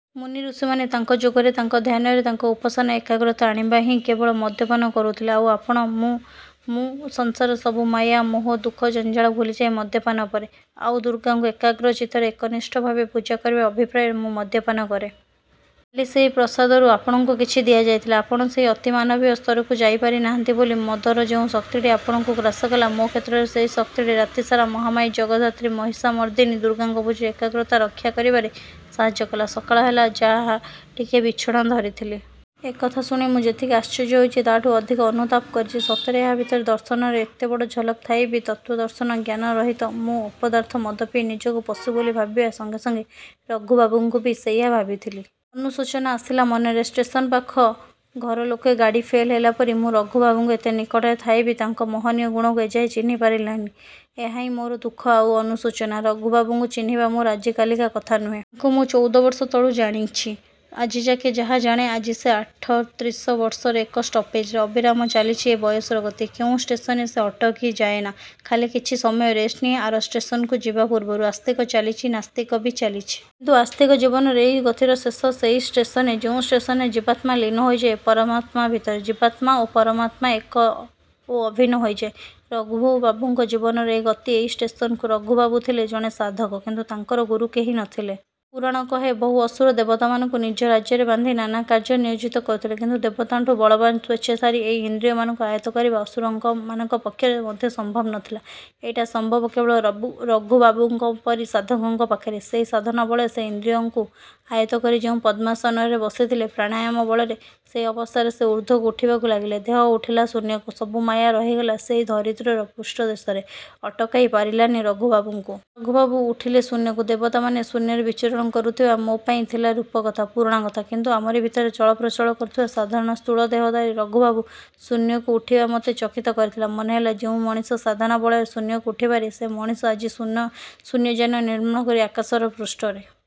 ମୁନିଋଷିମାନେ ତାଙ୍କ ଯୋଗରେ, ତାଙ୍କ ଧ୍ୟାନରେ, ତାଙ୍କ ଉପାସନାରେ ଏକାଗ୍ରତା ଆଣିବାପାଇଁ ହିଁ କେବଳ ମଦ୍ୟପାନ କରୁଥିଲେ। ଆଉ ଆପଣ? ମୁଁ? ମୁଁ ସଂସାରର ସବୁ ମାୟା, ମୋହ, ଦୁଃଖ, ଜଞ୍ଜାଳ ଭୁଲିଯାଏ ମଦ୍ୟପାନ ପରେ। ଆଉ ଦୁର୍ଗାଙ୍କୁ ଏକାଗ୍ର ଚିତ୍ତରେ, ଏକନିଷ୍ଠଭାବେ ପୂଜା କରିବାର ଅଭିପ୍ରାୟରେ ମୁଁ ମଦ୍ୟପାନ କରେ-। କାଲି ସେଇ ପ୍ରସାଦରୁ ଆପଣଙ୍କୁ କିଛି ଦିଆଯାଇଥିଲା। ଆପଣ ସେଇ ଅତିମାନବୀୟ ସ୍ତରକୁ ଯାଇପାରିନାହାନ୍ତି ବୋଲି ମଦର ଯେଉଁ ଶକ୍ତିଟି ଆପଣଙ୍କୁ ଗ୍ରାସକଲା ମୋ' କ୍ଷେତ୍ରରେ ସେଇ ଶକ୍ତିଟି ରାତିସାରା ମହାମାୟା ଜଗଦ୍ଧାତ୍ରୀ ମହିଷମର୍ଦ୍ଧିନୀ ଦୁର୍ଗାଙ୍କ ପୂଜାରେ ଏକାଗ୍ରତା ରକ୍ଷାକରିବାରେ ସାହାଯ୍ୟ କଲା। ସକାଳ ହେଲା ଯାହା ଟିକେ ବିଛଣା ଧରିଥିଲି। ଏ କଥା ଶୁଣି ମୁଁ ଯେତିକି ଆଶ୍ଚର୍ଯ୍ୟ ହୋଇଛି ତା'ଠୁଁ ଅଧିକ ଅନୁତାପ କରିଛି। ସତରେ ଏହା ଭିତରେ ଦର୍ଶନର ଏତେ ବଡ଼ ଝଲକ ଥାଇ ବି ତତ୍ତ୍ଵ ଦର୍ଶନ ଜ୍ଞାନ ରହିତ ମୁଁ ଅପଦାର୍ଥ ମଦପିଇ ନିଜକୁ ପଶୁ ବୋଲି ଭାବିବା ସଙ୍ଗେ ସଙ୍ଗେ ରଘୁବାବୁଙ୍କୁ ବି ସେଇଆ ଭାବିଥିଲି। ଅନୁଶୋଚନା ଆସିଲା ମନରେ। ଷ୍ଟେସନ ପାଖ ଘର ଲୋକେ ଗାଡ଼ି ଫେଲ୍ ହେଲାପରି ମୁଁ ରଘୁବାବୁଙ୍କ ଏତେ ନିକଟରେ ଥାଇ ବି ତାଙ୍କ ମହନୀୟ ଗୁଣକୁ ଏଯାଏ ଚିହ୍ନିପାରିଲି ନାହିଁ–ଏହା ହିଁ ମୋର ଦୁଃଖ ଆଉ ଅନୁଶୋଚନା। ରଘୁବାବୁଙ୍କୁ ଚିହ୍ନିବା ମୋର ଆଜିକାଲିକା କଥା ନୁହେଁ। ତାଙ୍କୁ ମୁଁ ଚୌଦବର୍ଷ ତଳୁ ଜାଣିଛି, ଆଜିଯାକେ ଯାହା ଜାଣେ–ଆଜି ସେ ଆଠତ୍ରିଶ ବର୍ଷର ଏକ ଷ୍ଟପେଜରେ। ଅବିରାମ ଚାଲିଛି ଏ ବୟସର ଗତି। କେଉଁ ଷ୍ଟେସନରେ ସେ ଅଟକିଯାଏନା–ଖାଲି କିଛି ସମୟ ରେଷ୍ଟ ନିଏ ଆର ଷ୍ଟେସନକୁ ଯିବା ପୂର୍ବରୁ। ଆସ୍ତିକ ଚାଲିଛି, ନାସ୍ତିକ ବି ଚାଲିଛି। କିନ୍ତୁ ଆସ୍ତିକ ଜୀବନର ଏଇ ଗତିର ଶେଷ ସେଇ ଷ୍ଟେସନରେ, ଯେଉଁ ଷ୍ଟେସନରେ ଜୀବାତ୍ମା ଲୀନ ହୋଇଯାଏ ପରମାତ୍ମା ଭିତରେ। ଜୀବାତ୍ମା ଓ ପରମାତ୍ମା ଏକ ଓ ଅଭିନ୍ନ ହୋଇଯାଏ। ରଘୁବାବୁଙ୍କ ଜୀବନର ଗତି ଏଇ ଷ୍ଟେସନକୁ। ରଘୁବାବୁ ଥିଲେ ଜଣେ ସାଧକ। କିନ୍ତୁ ତାଙ୍କର ଗୁରୁ କେହି ନଥିଲେ। ପୁରାଣ କହେ ବହୁ ଅସୁର ଦେବତାମାନଙ୍କୁ ନିଜ ରାଜ୍ୟରେ ବାନ୍ଧି ନାନା କାର୍ଯ୍ୟରେ ନିୟୋଜିତ କରୁଥିଲେ; କିନ୍ତୁ ଦେବତାଠୁଁ ବଳବାନ, ସ୍ଵେଚ୍ଛାଚାରୀ ଏଇ ଇନ୍ଦ୍ରୀୟମାନଙ୍କୁ ଆୟତ୍ତ କରିବା ଅସୁରମାନଙ୍କ ପକ୍ଷରେ ମଧ୍ୟ ସମ୍ଭବ ନଥିଲା, ଏଇଟା ସମ୍ଭବ କେବଳ ରଘୁବାବୁଙ୍କ ପରି ସାଧକଙ୍କ ପାଖରେ। ସେଇ ସାଧନା ବଳରେ ସେ ସବୁ ଇନ୍ଦ୍ରିୟକୁ ଆୟତ୍ତ କରି ଯେଉଁ ପଦ୍ମାସନରେ ବସିଥିଲେ ପ୍ରାଣାୟାମ ବଳରେ, ସେଇ ଅବସ୍ଥାରେ ସେ ଉର୍ଦ୍ଧ୍ୱକୁ ଉଠିବାକୁ ଲାଗିଲେ–ଦେହ ଉଠିଲା ଶୂନ୍ୟକୁ–ସବୁ ମାୟା ରହିଗଲା ସେହି ଧରିତ୍ରୀର ପୃଷ୍ଠଦେଶରେ–ଅଟକାଇ ପାରିଲାନି ରଘୁବାବୁଙ୍କୁ। ରଘୁବାବୁ ଉଠିଲେ ଶୂନ୍ୟକୁ। ଦେବତାମାନେ ଶୁନ୍ୟରେ ବିଚରଣ କରୁଥିବା ମୋ'ପାଇଁ ଥିଲା ରୂପ କଥା–ପୁରାଣ କଥା; କିନ୍ତୁ ଆମରି ଭିତରେ ଚଳପ୍ରଚଳ କରୁଥିବା ସାଧାରଣ ସ୍ଥୂଳ ଦେହଧାରୀ ରଘୁବାବୁ ଶୂନ୍ୟକୁ ଉଠିବା ମୋତେ ଚକିତ କରିଥିଲା। ମନେହେଲା–ଯେଉଁ ମଣିଷ ସାଧନା ବଳରେ ଶୂନ୍ୟକୁ ଉଠିପାରେ–ସେ ମଣିଷ ଆଜି ଶୂନ୍ ଶୂନ୍ୟଯାନ ନିର୍ମାଣ କରି ଆକାଶର ପୃଷ୍ଠରେ